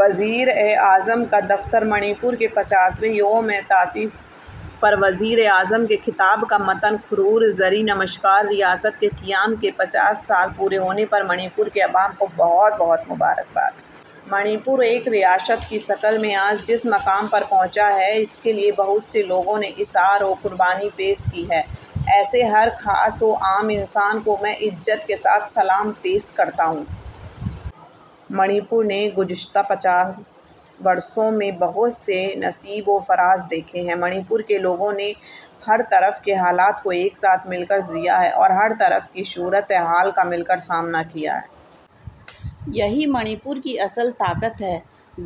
وزیراعظم کا دفتر: منی پور کے پچاسویں یومِ تاسیس پر وزیر اعظم کے خطاب کا متن۔ کُھروم جَری! نمسکار! ریاست کے قیام کے پچاس سال پورے ہونے پر منی پور کے عوام کو بہت بہت مبارک باد! منی پور ایک ریاست کی شکل میں آج جس مقام پر پہنچا ہے، اس کے لیے بہت سے لوگوں نے ایثار و قربانی پیش کی ہے۔ ایسے ہر شخص کو میں عزت کے ساتھ سلام پیش کرتا ہوں۔ منی پور نے گزشتہ پچاس برسوں میں بہت سے نشیب و فراز دیکھے ہیں۔ منی پور کے لوگوں نے ہر طرح کے حالات کو ایک ساتھ مل کر جیا ہے اور ہر طرح کی صورتِ حال کا مل کر سامنا کیا ہے۔ یہی منی پور کی اصل طاقت ہے۔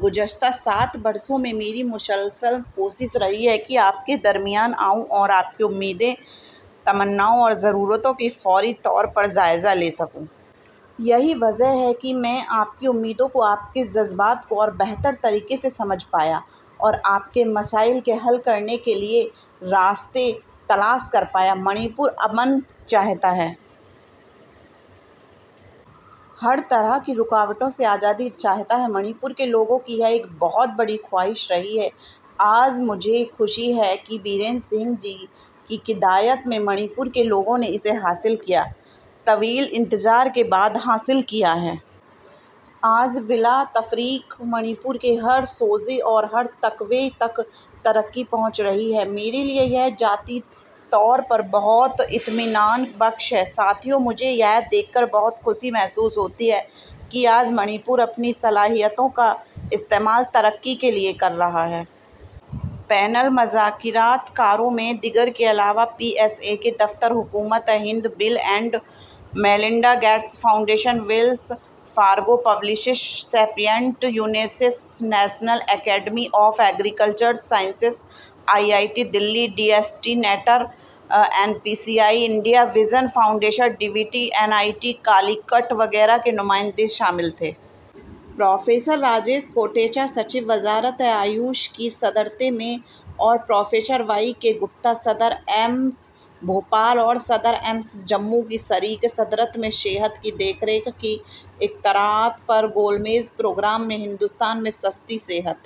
گزشتہ سات برسوں میں میری مسلسل کوشش رہی ہے کہ آپ کے درمیان آؤں اور آپ کی امیدوں، تمناؤں اور ضرورتوں کا فوری طور پر جائزہ لے سکوں۔ یہی وجہ ہے کہ میں آپ کی امیدوں کو، آپ کے جذبات کو اور بہتر طریقے سے سمجھ پایا اور آپ کے مسائل کے حل کرنے کے نئے راستے تلاش کر پایا۔ منی پور امن چاہتا ہے۔ ہر طرح کی رکاوٹوں سے آزادی چاہتا ہے۔ منی پور کے لوگوں کی یہ ایک بہت بڑی خواہش رہی ہے۔ آج مجھے خوشی ہے کہ بیرین سنگھ جی کی قیادت میں منی پور کے لوگوں نے اسے حاصل کیا ہے، طویل انتظار کے بعد حاصل کیا ہے۔ آج بلا تفریق منی پور کے ہر شعبے اور ہر طبقے تک ترقی پہنچ رہی ہے۔ میرے لیے یہ ذاتی طور پر بہت اطمینان بخش ہے۔ ساتھیو، مجھے یہ دیکھ کر بہت خوشی محسوس ہوتی ہے کہ آج منی پور اپنی صلاحیتوں کا استعمال ترقی کے لیے کر رہا ہے۔ پینل مذاکرات کاروں میں، دیگر کے علاوہ، پی ایس اے کے دفتر، حکومتِ ہند، Bill and Melinda Gates Foundation, Wells Fargo, Publicis Sapient, UNICEF, National Academy of Agricultural Sciences, I I T Delhi, D S T, NECTAR, N P C I, India Vision Foundation, D B T, N I T Calicut وغیرہ کے نمائندے شامل تھے۔ Professor Rajesh Kotecha, secretary, وزارتِ آیوش کی صدارت میں، اور پروفیسر وائی کے گپتا، صدر، ایمس بھوپال اور صدر ایمس جموں کی شریک صدارت میں ''صحت کی دیکھ بھال کی اختراعات'' پر گول میز پروگرام میں ہندوستان میں سستی صحت